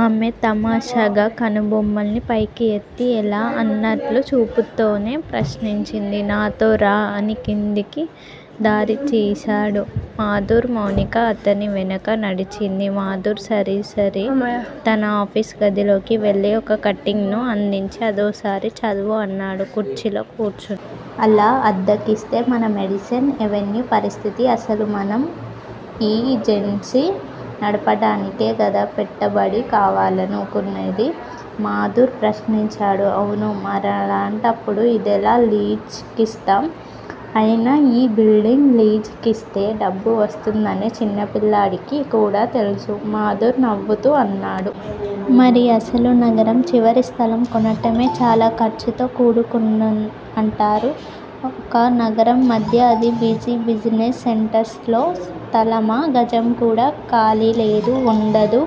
ఆమె తమాషాగా కనుబొమ్మల్ని పైకి ఎత్తి ఎలా? అన్నట్లు చూపుతోనే ప్రశ్నించింది. నాతో రా అని క్రిందకు దారితీశాడు మాధుర్. మౌనిక అతని వెనుక నడిచింది. మాధుర్ సరాసరి తన ఆఫీసు గదిలోకి వెళ్ళి ఒక కటింగ్ ను అందించి అదోసారి చదువు అన్నాడు కుర్చీలో కూర్చుంటూ. అలా అద్దెకిస్తే మన మేడిసన్ ఎవెన్యూ పరిస్థితి? అసలు మనం ఈ ఏజెన్సీని నడపటానికే గదా పెట్టబడి కావాలను కునేది? మాధుర్ ప్రశ్నించాడు. అవును. మరలాంటప్పుడు ఇదెలా లీజ్ కిస్తాం? అయినా ఈ బిల్డింగ్ లీజ్ కిస్తే డబ్బు వస్తుందనేది చిన్నపిల్లాడికి కూడా తెలుసు మాధుర్ నవ్వుతూ అన్నాడు. మరి అసలు నగరం చివరీ స్థలం కొనటమే చాలా ఖర్చుతో కూడుకున్నదంటారు. ఒక నగరం మధ్య, అదీ బిజీ బిజినెస్ సెంటర్స్ లో స్థలమా? గజం కూడా ఖాళీలేదు. వుండదు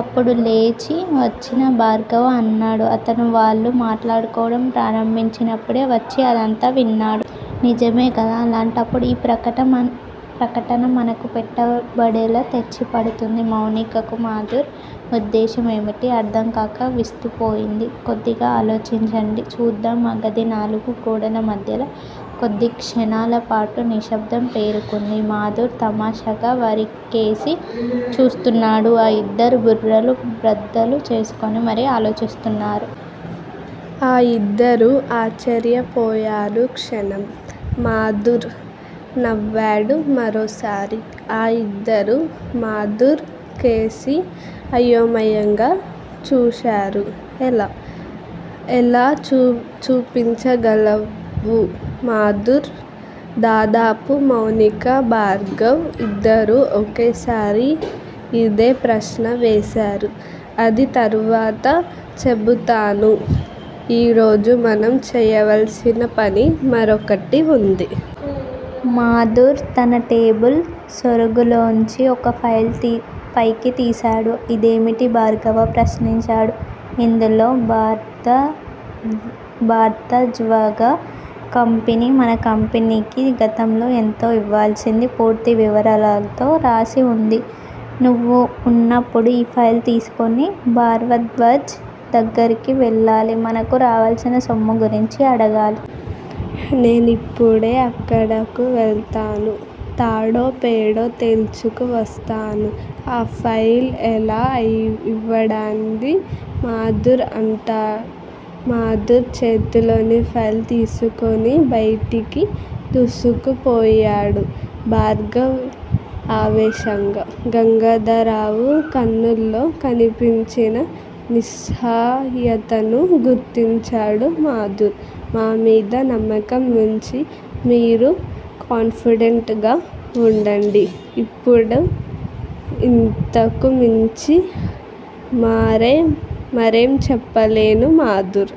అప్పుడే లేచి వచ్చిన భార్గవ అన్నాడు. అతను వాళ్ళు మాట్లాడుకోవటం ప్రారంభించినప్పుడే వచ్చి అదంతా విన్నాడు. నిజమేకదా? అలాంటప్పుడు ఈ ప్రకటన మనకు పెట్టబడెలా తెచ్చిపెడుతుంది? మౌనికకు మాధుర్ ఉద్దేశమేమిటో అర్ధంకాక విస్తుపోయింది. కొద్దిగా ఆలోచించండి చూద్దాం ఆ గది నాలుగు గోడలమధ్యల కొద్దిక్షణాల పాటు నిశ్శబ్దం పేరుకుంది. మాధుర్ తమాషాగా వరికేసి చూస్తున్నాడు. ఆ ఇద్దరూ బుర్రలు బ్రద్దలు చేసుకొని మరీ ఆలోచిస్తున్నారు. ఆ ఇద్దరూ ఆశ్చర్యపోయారు క్షణం. మాధుర్ నవ్వాడు మరోసారి. ఆ ఇద్దరూ మాధుర్ కేసి అయోమయంగా చూశారు. ఎలా? ఎలా చూపించగలవు మాధుర్? దాదాపు మౌనిక, భార్గవ్ ఇద్దరూ ఒకేసారి ఇదే ప్రశ్న వేశారు. అది తరువాత చెబుతాను. ఈరోజు మనం చేయవల్సిన పని మరొకటి వుంది. మాధుర్ తన టేబుల్ సొరుగులోంచి ఒక ఫైల్ పైకి తీశాడు. ఇదేమిటి? భార్గవ ప్రశ్నించాడు. ఇందులో భరద్వజ కంపెనీ మన కంపెనీకి గతంలో ఎంత ఇవ్వవలసింది పూర్తి వివరాలతో రాసి వుంది. నువ్విప్పుడు ఈ ఫైల్ తీసుకొని భరద్వాజ్ దగ్గరికి వెళ్ళాలి. మనకు రావలసిన సొమ్ము గురించి అడగాలి. నేనిప్పుడే అక్కడకు వెళతాను. తాడో పేడో తేల్చుకువస్తాను. ఆ ఫైల్ ఎలా యివ్వడాన్ మాధుర్ అంటూ మాధుర్ చేతిలోని ఫైల్ తీసుకొని బయటికి దూసుకుపోయాడు భార్గవ ఆవేశంగా. గంగాధరరావు కళ్ళలో కనిపించిన నిస్సహాయతను గుర్తించాడు మాధుర్. మా మీద నమ్మకం వుంచి మీరు కాన్ఫిడెంట్ గా వుండండి. ఇప్పుడు ఇంతకుమించి మరేం చెప్పలేను మాధుర్